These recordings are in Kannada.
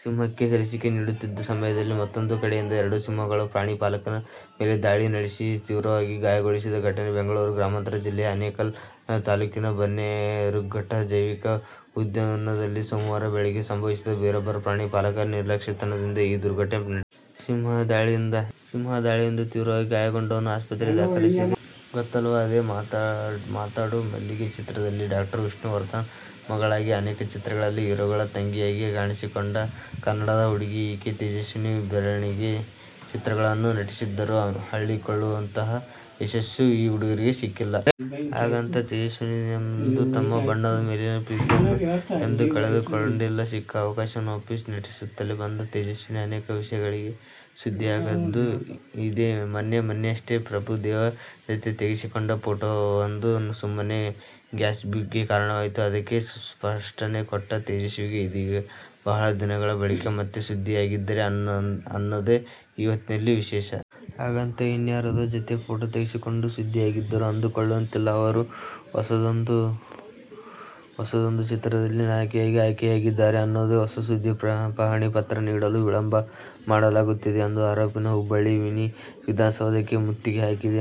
ಸಿಂಹಕ್ಕೆ ಲಸಿಕೆ ನೀಡುತ್ತಿದ್ದ ಸಮಯದಲ್ಲಿ ಮತ್ತೂಂದು ಕಡೆಯಿಂದ ಎರಡು ಸಿಂಹಗಳು ಪ್ರಾಣಿ ಪಾಲಕನ ಮೇಲೆ ದಾಳಿ ನಡೆಸಿ ತೀವ್ರವಾಗಿ ಗಾಯಗೊಳಿಸಿದ ಘಟನೆ ಬೆಂಗಳೂರು ಗ್ರಾಮಾಂತರ ಜಿಲ್ಲೆಯ ಆನೇಕಲ್ ತಾಲೂಕಿನ ಬನ್ನೇರುಘಟ್ಟ ಜೈವಿಕ ಉದ್ಯಾನವನದಲ್ಲಿ ಸೋಮವಾರ ಬೆಳಗ್ಗೆ ಸಂಭವಿಸಿದೆ. ಬೇರೊಬ್ಬ ಪ್ರಾಣಿ ಪಾಲಕನ ನಿರ್ಲಕ್ಷ್ಯತನದಿಂದ ಈ ದುರ್ಘಟನೆ ನಡೆದಿದೆ. ಸಿಂಹ ದಾಳಿಯಿಂದ ತೀವ್ರವಾಗಿ ಗಾಯಗೊಂಡವನನ್ನು ಆಸ್ಪತ್ರೆಗೆ ದಾಖಲಿಸಲಾಗಿದೆ. ತೇಜಸ್ವಿನಿ ಗೊತ್ತಲ್ವಾ? ಅದೇ "ಮಾತಾಡ್ ಮಾತಾಡು ಮಲ್ಲಿಗೆ' ಚಿತ್ರದಲ್ಲಿ ಡಾ. ವಿಷ್ಣುವರ್ಧನ್ ಮಗಳಾಗಿ, ಅನೇಕ ಚಿತ್ರಗಳಲ್ಲಿ ಹೀರೋಗಳ ತಂಗಿಯಾಗಿ ಕಾಣಿಸಿಕೊಂಡ ಕನ್ನಡದ ಹುಡುಗಿ ಈಕೆ. ತೇಜಸ್ವಿನಿ ಬೆರಳೆಣಿಕೆ ಚಿತ್ರಗಳಲ್ಲಿ ನಟಿಸಿದ್ದರೂ ಹೇಳಿಕೊಳ್ಳುವಂತಹ ಯಶಸ್ಸು ಈ ಹುಡುಗಿಗೆ ಸಿಕ್ಕಿಲ್ಲ. ಹಾಗಂತ, ತೇಜಸ್ವಿನಿ ಎಂದೂ ತಮ್ಮ ಬಣ್ಣದ ಮೇಲಿನ ಪ್ರೀತಿಯನ್ನ ಎಂದೂ ಕಳೆದುಕೊಂಡಿಲ್ಲ. ಸಿಕ್ಕ ಅವಕಾಶವನ್ನು ಒಪ್ಪಿ ನಟಿಸುತ್ತಲೇ ಬಂದ ತೇಜಸ್ವಿನಿ, ಅನೇಕ ವಿಷಯಗಳಿಗೆ ಸುದ್ದಿಯಾಗಿದ್ದೂ ಇದೆ. ಮೊನ್ನೆ ಮೊನ್ನೆಯಷ್ಟೇ, ಪ್ರಭುದೇವ್ ಜತೆ ತೆಗೆಸಿಕೊಂಡ ಫೋಟೋವೊಂದು ಸುಮ್ಮನೆ ಗಾಸಿಪ್ಗೆ ಕಾರಣವಾಯಿತು. ಅದಕ್ಕೆ ಸ್ಪಷ್ಟನೆ ಕೊಟ್ಟ ತೇಜಸ್ವಿನಿ, ಇದೀಗ ಬಹಳ ದಿನಗಳ ಬಳಿಕ ಮತ್ತೆ ಸುದ್ದಿಯಾಗಿದ್ದಾರೆ ಅನ್ನೋದೆ ಈ ಹೊತ್ತಿನ ವಿಶೇಷ. ಹಾಗಂತ ಇನ್ಯಾರದೋ ಜತೆ ಫೋಟೋ ತೆಗೆಸಿಕೊಂಡು ಸುದ್ದಿಯಾಗಿದ್ದಾರಾ ಅಂದುಕೊಳ್ಳುವಂತಿಲ್ಲ. ಅವರು ಹೊಸದೊಂದು ಚಿತ್ರದಲ್ಲಿ ನಾಯಕಿಯಾಗಿ ಆಯ್ಕೆಯಾಗಿದ್ದಾರೆ ಅನ್ನೋದೇ ಹೊಸ ಸುದ್ದಿ. ಪಹಣಿ ಪತ್ರ ನೀಡಲು ವಿಳಂಬ ಮಾಡಲಾಗುತ್ತಿದೆ ಎಂದು ಆರೋಪಿಸಿ ಹುಬ್ಬಳ್ಳಿ ಮಿನಿ ವಿಧಾನಸೌಧಕ್ಕೆ ಮುತ್ತಿಗೆ ಹಾಕಿದ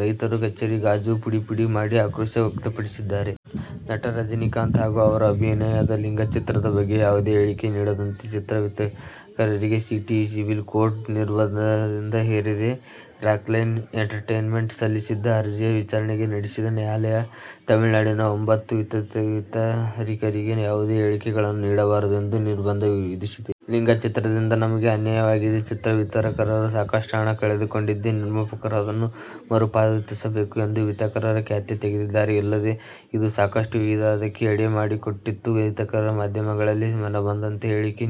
ರೈತರು, ಕಚೇರಿ ಗಾಜು ಪುಡಿಪುಡಿ ಮಾಡಿ ಆಕ್ರೋಶ ವ್ಯಕ್ತಪಡಿಸಿದ್ದಾರೆ. ನಟ ರಜನಿಕಾಂತ್ ಹಾಗೂ ಅವರ ಅಭಿನಯದ "ಲಿಂಗಾ' ಚಿತ್ರದ ಬಗ್ಗೆ ಯಾವುದೇ ಹೇಳಿಕೆ ನೀಡದಂತೆ ಚಿತ್ರ ವಿತರಕರಿಗೆ ಸಿಟಿ ಸಿವಿಲ್ ಕೋರ್ಟ್ ನಿರ್ಬಂಧ ಹೇರಿದೆ. ರಾಕ್ಲೈನ್ ಎಂಟರ್ಟೇನ್ಮೆಂಟ್ ಸಲ್ಲಿಸಿದ್ದ ಅರ್ಜಿಯ ವಿಚಾರಣೆ ನಡೆಸಿದ ನ್ಯಾಯಾಲಯ, ತಮಿಳುನಾಡಿನ ಒಂಭತ್ತು ವಿತರಕರಿಗೆ ಯಾವುದೇ ಹೇಳಿಕೆಗಳನ್ನು ನೀಡಬಾರದು ಎಂದು ನಿರ್ಬಂಧ ವಿಧಿಸಿದೆ. "ಲಿಂಗಾ ಚಿತ್ರದಿಂದ ನಮಗೆ ಅನ್ಯಾಯವಾಗಿದೆ. ಚಿತ್ರ ವಿತರಕರು ಸಾಕಷ್ಟು ಹಣ ಕಳೆದುಕೊಂಡಿದ್ದು, ನಿರ್ಮಾಪಕರು ಅದನ್ನು ಮರುಪಾವತಿಸಬೇಕು' ಎಂದು ವಿತರಕರು ಕ್ಯಾತೆ ತೆಗೆದಿದ್ದರು. ಅಲ್ಲದೆ, ಇದು ಸಾಕಷ್ಟು ವಿವಾದಕ್ಕೆ ಎಡೆಮಾಡಿಕೊಟ್ಟಿತ್ತು. ವಿತರಕರು ಮಾಧ್ಯಮಗಳಲ್ಲಿ ಮನಬಂದಂತೆ ಹೇಳಿಕೆ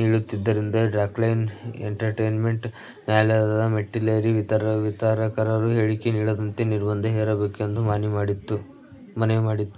ನೀಡುತ್ತಿದ್ದರಿಂದ ರಾಕ್ಲೈನ್ ಎಂಟರ್ಟೇನ್ಮೆಂಟ್ ನ್ಯಾಯಾಲಯದ ಮೆಟ್ಟಿಲೇರಿ, ವಿತರಕರು ಹೇಳಿಕೆ ನೀಡದಂತೆ ನಿರ್ಬಂಧ ಹೇರಬೇಕು ಎಂದು ಮನವಿ ಮಾಡಿತ್ತು.